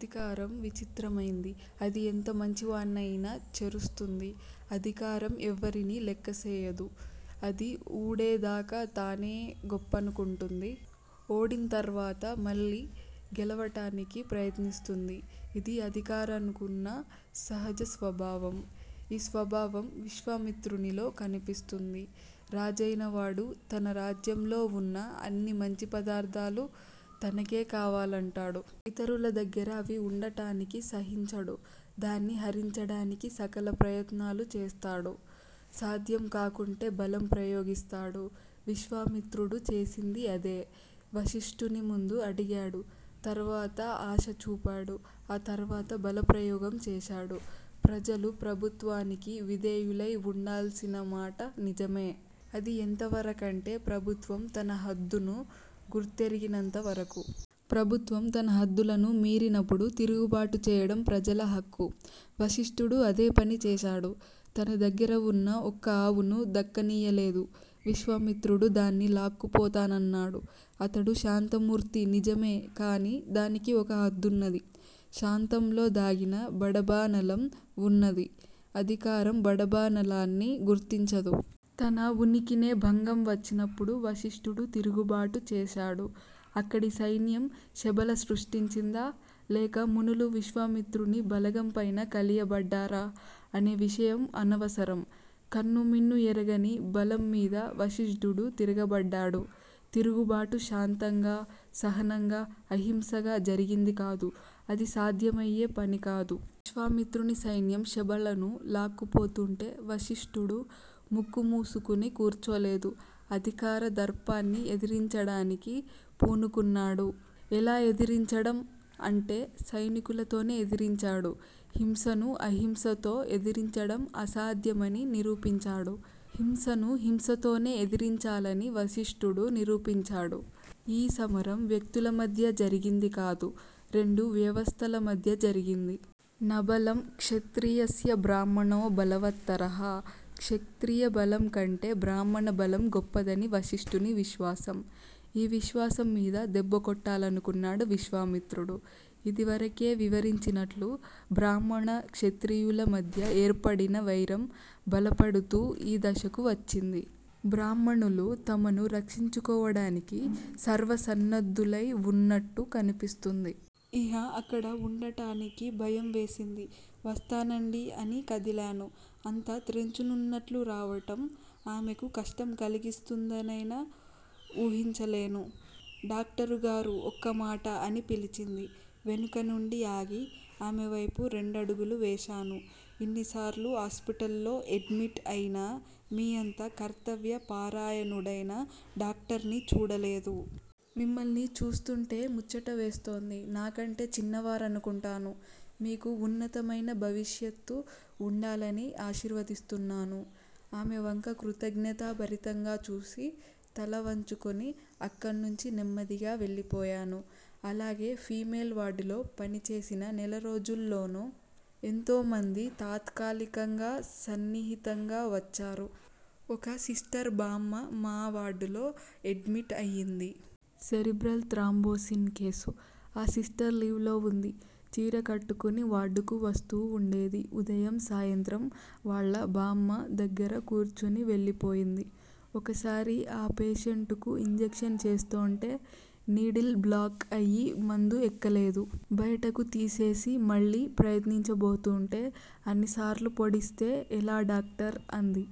అధికారం విచిత్రమైంది. అది ఎంత మంచివాణ్ణయినా చెరుస్తుంది. అధికారం ఎవ్వరినీ లెక్కసేయదు. అది ఊడేదాగా తానే గొప్పనుకుంటుంది. ఓడింతర్వాత మళ్లీ గెలవటానికి ప్రయత్నిస్తుంది. ఇది అధికారానుకున్న సహజస్వభావం. ఈ స్వభావం విశ్వామిత్రునిలో కనిపిస్తుంది. రాజైనవాడు తన రాజ్యంలో వున్న అన్ని మంచి పదార్థాలు తనకే కావాలంటాడు. ఇతరుల దగ్గర అవి వుండటానికి సహించడు. దాన్ని హరించడానికి సకల ప్రయత్నాలు చేస్తాడు. సాధ్యంకాకుంటే బలం ప్రయోగిస్తాడు. విశ్వామిత్రుడు చేసింది అదే. వశిష్ఠుని ముందు అడిగాడు. తర్వాత ఆశ చూపాడు. ఆ తర్వాత బలప్రయోగం చేశాడు. ప్రజలు ప్రభుత్వానికి విధేయులై వుండాల్సినమాట నిజమే. అది ఎంతవరకంటే ప్రభుత్వం తన హద్దును గుర్తెరిగినంతవరకు. ప్రభుత్వం తన హద్దులను మీరినపుడు తిరుగుబాటు చేయడం ప్రజల హక్కు. వశిష్టుడు అదేపని చేశాడు. తన దగ్గర వున్న ఒక్క ఆవును దక్కనీయలేదు. విశ్వామిత్రుడు దాన్ని లాక్కుపోతానన్నాడు. అతడు శాంతమూర్తి నిజమే. కాని దానికి ఒక హద్దున్నది. శాంతలో దాగిన బడబానలం వున్నది. అధికారం బడబానలాన్ని గుర్తించదు. తన ఉనికినే భంగం వచ్చినప్పుడు వశిష్టుడు తిరుగుబాటు చేశాడు. అక్కడి సైన్యం శబల సృష్టించిందా? లేక మునులు విశ్వామిత్రుని బలగంపైన కలియబడ్డారా అనే విషయం అనవసరం, కన్ను మిన్ను ఎరగని బలంమీద వశిష్ఢుడు తిరగబడ్డాడు. తిరుగుబాటు శాంతంగా, సహనంగా, అహింసగా జరిగిందికాదు. అది సాధ్యమయ్యే పనికాదు. విశ్వామిత్రుని సైన్యం శబళను లాక్కుపోతుంటే వశిష్టుడు ముక్కు మూసుకొని కూర్చోలేదు. అధికార దర్పాన్ని ఎదిరించడానికి పూనుకున్నాడు. ఎలా ఎదిరించడం? అంటే సైనికులతోనే ఎదిరించాడు. హింసను అహింసతో ఎదిరించడం అసాధ్యమని నిరూపించాడు. హింసను హింసతోనే ఎదిరించాలని వశిష్టుడు నిరూపించాడు. ఈ సమరం వ్యక్తులమధ్య జరిగిందికాదు. రెండు వ్యవస్థలమధ్య జరిగింది. నబలం క్షత్రియస్య బ్రాహ్మణో బలవత్తరః క్షత్రియ బలంకంటే బ్రాహ్మణ బలం గొప్పదని వశిష్టుని విశ్వాసం. ఈ విశ్వాసం మీద దెబ్బకొట్టాలనుకున్నాడు విశ్వామిత్రుడు. ఇదివరకే వివరించినట్లు, బ్రాహ్మణ, క్షత్రియుల మధ్య ఏర్పడిన వైరం బలపడుతూ ఈ దశకు వచ్చింది. బ్రాహ్మణులు తమను రక్షించుకోవడానికి సర్వసన్నద్ధులై వున్నట్టు కనిపిస్తుంది. ఇహ అక్కడ వుండటానికి భయం వేసింది. వస్తానండి అని కదిలాను. అంత త్రెంచునున్నట్లు రావటం ఆమెకు కష్టం కలిగిస్తుందనైనా ఊహించలేను. డాక్టరుగారూ, ఒక్కమాట! అని పిలిచింది, వెనుకనుండి ఆగి, ఆమె వైపు రెండడుగులు వేశాను. ఇన్నిసార్లు హాస్పిటల్ లో ఎడ్మిట్ అయినా మీ అంత కర్తవ్య పరాయణుడైన డాక్టర్ని చూడలేదు. మిమ్మల్ని చూస్తుంటే ముచ్చట వేస్తోంది నాకంటే చిన్నవారనుకుంటాను, మీకు వున్నతమైన భవిష్యత్తు వుండాలని ఆశీర్వదిస్తున్నాను. ఆమె వంక కృతజ్ఞతా భరితంగా చూసి, తల వంచుకుని అక్కణ్నుంచి నెమ్మదిగా వెళ్ళిపోయాను. అలాగే ఫిమేల్ వార్డులో పనిచేసిన నెలరోజుల్లోనూ ఎంతోమంది తాత్కాలికంగా సన్నిహితంగా వచ్చారు. ఒక సిస్టర్ బామ్మ మా వార్డులో ఎడ్మిట్ అయింది. Cerebral thrombosis case. ఆ సిస్టర్ లీవ్ లో వుంది. చీరె కట్టుకుని వార్డుకు వస్తూ వుండేది ఉదయం, సాయంత్రం వాళ్ళ బామ్మ దగ్గర కూర్చుని వెళ్ళిపోయింది. ఒకసారి ఆ పేషెంటుకు ఇంజక్షన్ చేస్తోంటే నీడిల్ బ్లాక్ అయి మందు ఎక్కలేదు బయటకు తీసేసి మళ్ళీ ప్రయత్నించబోతూంటే అన్నిసార్లు పొడిస్తే ఎలా డాక్టర్? అంది.